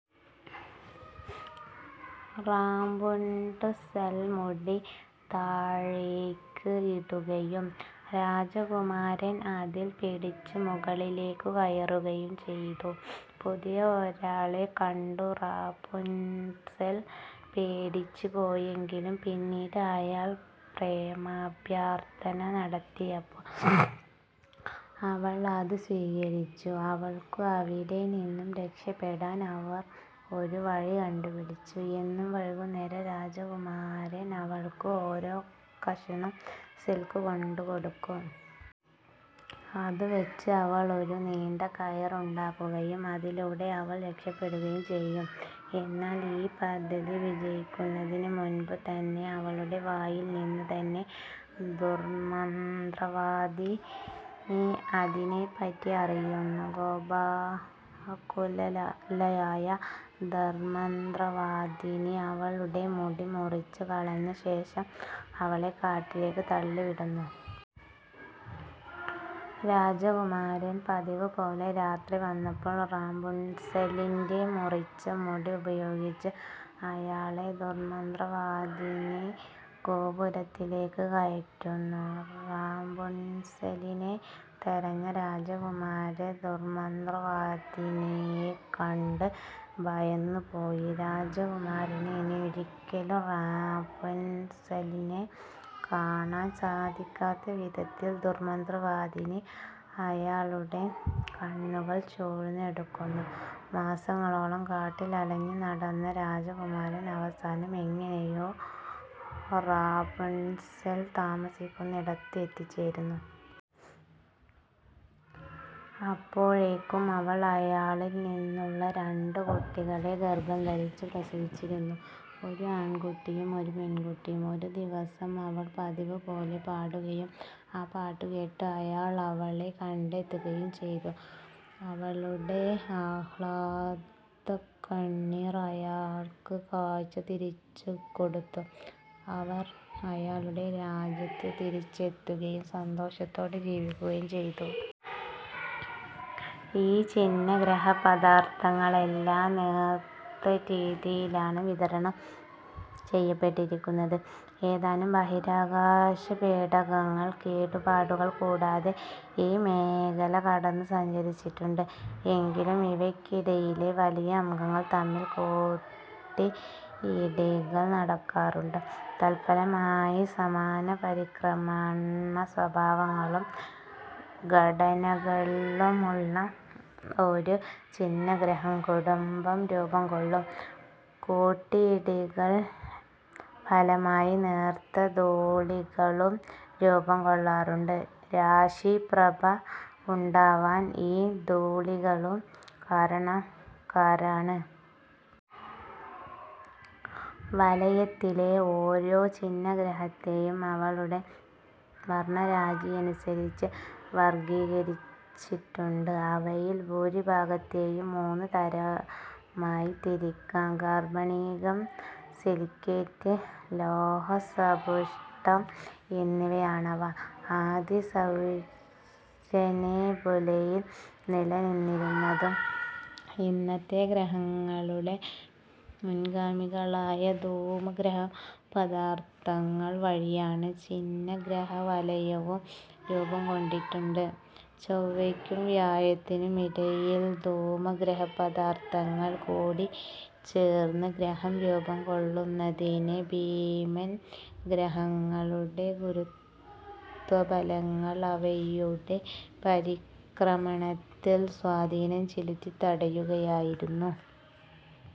Rapunzel മുടി താഴേയ്ക്ക് ഇടുകയും രാജകുമാരൻ അതിൽ പിടിച്ചു മുകളിലേയ്ക്കു കയറുകയും ചെയ്തു. പുതിയ ഒരാളെ കണ്ടു റാപുൻട്സെൽ പേടിച്ചു പോയെങ്കിലും പിന്നീട് അയാൾ പ്രേമാഭ്യർത്ഥന നടത്തിയപ്പോൾ അവൾ അത് സ്വീകരിച്ചു. അവൾക്കു അവിടെ നിന്നും രക്ഷപ്പെടാൻ അവർ ഒരു വഴി കണ്ടുപിടിച്ചു. എന്നും വൈകുന്നേരം രാജകുമാരൻ അവൾക്കു ഓരോ കഷണം സിൽക്ക് കൊണ്ടുകൊടുക്കും. അതു വെച്ച് അവൾ ഒരു നീണ്ട കയർ ഉണ്ടാക്കുകയും അതിലൂടെ അവൾ രക്ഷപ്പെടുകയും ചെയ്യും. എന്നാൽ ഈ പദ്ധതി വിജയിയ്ക്കുന്നതിനു മുൻപ് തന്നെ അവളുടെ വായിൽ നിന്ന് തന്നെ ദുർമന്ത്രവാദിനി അതിനെപ്പറ്റി അറിയുന്നു. കോപാകുലയായ ദുർമന്ത്രവാദിനി അവളുടെ മുടി മുറിച്ചു കളഞ്ഞ ശേഷം അവളെ കാട്ടിലേയ്ക്ക് തള്ളിവിടുന്നു. രാജകുമാരൻ പതിവുപോലെ രാത്രി വന്നപ്പോൾ റാപുൻട്സെലിന്റെ മുറിച്ച മുടി ഉപയോഗിച്ച് അയാളെ ദുർമന്ത്രവാദിനി ഗോപുരത്തിലേയ്ക്ക് കയറ്റുന്നു. റാപുൻട്സെലിനെ തെരഞ്ഞ രാജകുമാരൻ ദുർമന്ത്രവാദിനിയെക്കണ്ട് ഭയന്നു പോയി. രാജകുമാരന് ഇനി ഒരിയ്ക്കലും റാപുൻട്സെലിനെ കാണാൻ സാധിയ്ക്കാത്ത വിധത്തിൽ ദുർമന്ത്രവാദിനി അയാളുടെ കണ്ണുകൾ ചൂഴ്ന്ന് എടുക്കുന്നു. മാസങ്ങളോളം കാട്ടിൽ അലഞ്ഞുനടന്ന രാജകുമാരൻ അവസാനം എങ്ങനെയോ റാപുൻട്സെൽ താമസിയ്ക്കുന്നിടത്തു എത്തിച്ചേരുന്നു. അപ്പോഴേയ്ക്കും അവൾ അയാളിൽ നിന്നുള്ള രണ്ടു കുട്ടികളെ ഗർഭം ധരിച്ചു പ്രസവിച്ചിരുന്നു. ഒരു ആൺകുട്ടിയും ഒരു പെൺകുട്ടിയും. ഒരു ദിവസം അവൾ പതിവുപോലെ പാടുകയും ആ പാട്ടു കേട്ട് അയാൾ അവളെ കണ്ടെത്തുകയും ചെയ്തു. അവളുടെ ആഹ്ലാദകണ്ണീർ അയാൾക്ക് കാഴ്ച തിരിച്ചുകൊടുത്തു. അവർ അയാളുടെ രാജ്യത്തു തിരിച്ചെത്തുകയും സന്തോഷത്തോടെ ജീവിയ്ക്കുകയും ചെയ്തു. ഈ ഛിന്നഗ്രഹ പദാർത്ഥങ്ങളെല്ലാം നേർത്തരീതിയിലാണ് വിതരണം ചെയ്യപ്പെട്ടിരിക്കുന്നത്, ഏതാനും ബഹിരാകാശപേടകങ്ങൾ കേടുപാടുകൾ കൂടാതെ ഈ മേഖല കടന്ന് സഞ്ചരിച്ചിട്ടുണ്ട്. എങ്കിലും ഇവയ്ക്കിടയിലെ വലിയ അംഗങ്ങൾ തമ്മിൽ കൂട്ടിയിടികൾ നടക്കാറുണ്ട്, തൽഫലമായി സമാന പരിക്രമണ സ്വഭാവങ്ങളും ഘടനകളുമുള്ള ഒരു ഛിന്നഗ്രഹം കുടുംബം രൂപം കൊള്ളും. കൂട്ടിയിടികൾ ഫലമായി നേർത്ത ധൂളികളും രൂപം കൊള്ളാറുണ്ട്, രാശി പ്രഭ ഉണ്ടാവാൻ ഈ ധൂളികളും കാരണക്കാരാണ്. വലയത്തിലെ ഓരോ ഛിന്നഗ്രഹത്തേയും അവളുടെ വർണ്ണരാജിയനുസരിച്ച് വർഗ്ഗീകരിച്ചിട്ടുണ്ട്, അവയിൽ ഭൂരിഭാഗത്തേയും മൂന്ന് തരമായി തിരിക്കാം: കാർബണീകം, സിലിക്കേറ്റ്, ലോഹസബുഷ്ടം എന്നിവയാണവ. ആദി സൗരനെബുലയിൽ നിലനിന്നിരുന്നതും ഇന്നത്തെ ഗ്രഹങ്ങളുടെ മുൻഗാമികളായ ധൂമഗ്രഹപദാർത്ഥങ്ങൾ വഴിയാണ് ഛിന്നഗ്രഹ വലയവും രൂപം കൊണ്ടിട്ടുള്ളത്. ചൊവ്വയ്ക്കും വ്യാഴത്തിനുമിടയിലെ ധൂമഗ്രഹപദാർത്ഥങ്ങൾ കൂടിച്ചേർന്ന് ഗ്രഹം രൂപം കൊള്ളുന്നതിനെ ഭീമൻ ഗ്രഹങ്ങളുടെ ഗുരുത്വബലങ്ങൾ അവയുടെ പരിക്രമണത്തിൽ സ്വാധീനം ചെലുത്തി തടയുകയായിരുന്നു.